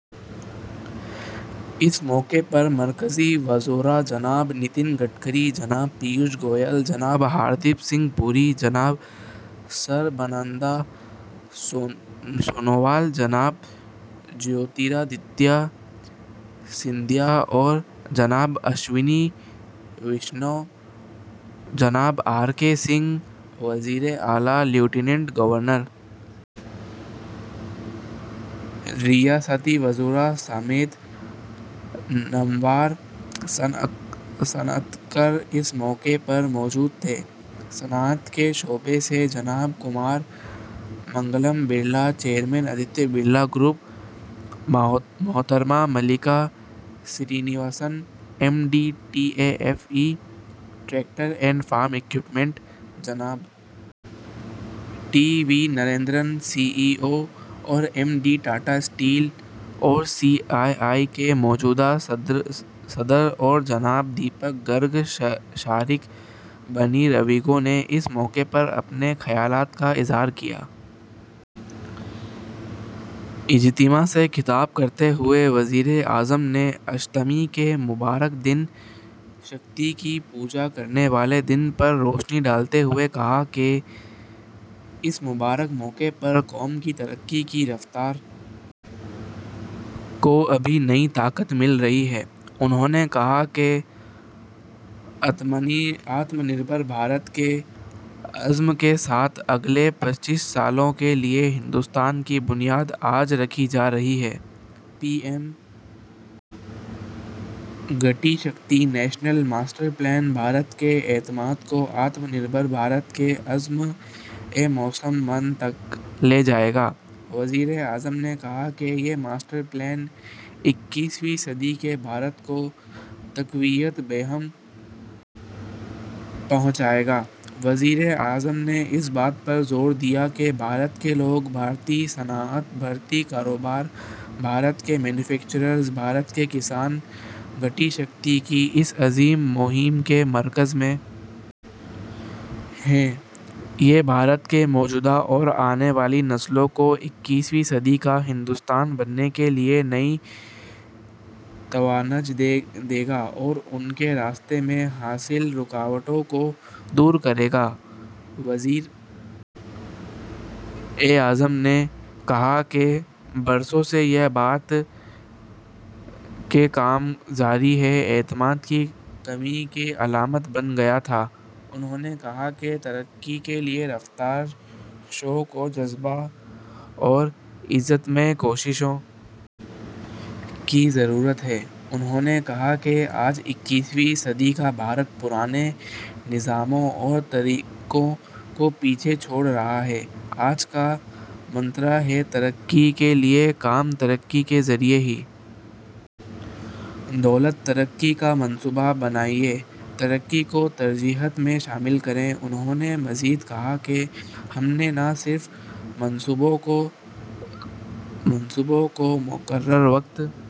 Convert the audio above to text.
اس موقع پر مرکزی وزراء جناب نتن گڈکری جناب پیوش گوئل جناب ہردیپ سنگھ پوری جناب سربانند سونووال جناب جیوتی رادتیہ سندھیا اور جناب اشونی ویشنو جناب آر کے سنگھ وزیراعلی لیفٹیننٹ گورنر ریاستی وزراء سمیت نامور صنعتکار اس موقع پر موجود تھے صنعت کے شعبے سے جناب کمار منگلم برلا چیئرمین آدتیہ برلا گروپ محترمہ Mallika Srinivasan C M D tractors and form equipments جناب T V Narendran C E O M D Tata steel اور سی آئی آئی کے موجودہ صدر اور جناب دیپک گرگ شریک بانی ریوگو نے اس موقع پر اپنے خیالات کا اظہار کیا اجتماع سے خطاب کرتے ہوئے وزیر اعظم نے اشٹمی کے مبارک دن شکتی کی پوجا کرنے والے دن پر روشنی ڈالتے ہوئے کہا کہ اس مبارک موقع پر قوم کی ترقی کی رفتار کو بھی نئی طاقت مل رہی ہے انہوں نے کہا کہ آتم نربھر بھارت کے عزم کے ساتھ اگلے پچیس سالوں کے لیے ہندوستان کی بنیاد آج رکھی جا رہی ہے P M Gati Shakti national master plan Bharat کے اعتماد کو آتم نربھارت کے عزم مصمم تک لے جائے گا وزیر اعظم نے کہا کہ یہ ماسٹر پلان اکیسویں صدی کے بھارت کو تقویت بہم پہنچائے گا وزیر اعظم نے اس بات پر زور دیا کہ بھارت کے لوگ بھارتی صنعت بھارتی کاروبار بھارت کے مینوفیکچررز بھارت کے کسان گتی شکتی کی اس عظیم مہم کے مرکز میں ہیں یہ بھارت کی موجودہ اور آنے والی نسلوں کو اکیسویں صدی کا ہندوستان بنانے کے لیے نئی توانائی دے گا اور ان کے راستے میں حائل رکاوٹوں کو دور کرے گا وزیر اعظم نے کہا کہ برسوں سے یہ بات کہ کام جاری ہے اعتماد کی کمی کی علامت بن گیا انہوں نے کہا کہ ترقی کے لیے رفتار شوق و جذبہ اور اجتماعی کوششوں کی ضرورت ہے انہوں نے کہا کہ آج اکیسویں صدی کا بھارت پرانے نظاموں اور طریقوں کو پیچھے چھوڑ رہا ہے آج کا منتر ہے ترقی کے لیے کام ترقی کے ذریعہ ہی دولت ترقی کا منصوبہ بنائیں ترقی کو ترجیحات میں شامل کریں انہوں نے مزید کہا کہ ہم نے نہ صرف منصوبوں کو مقررہ وقت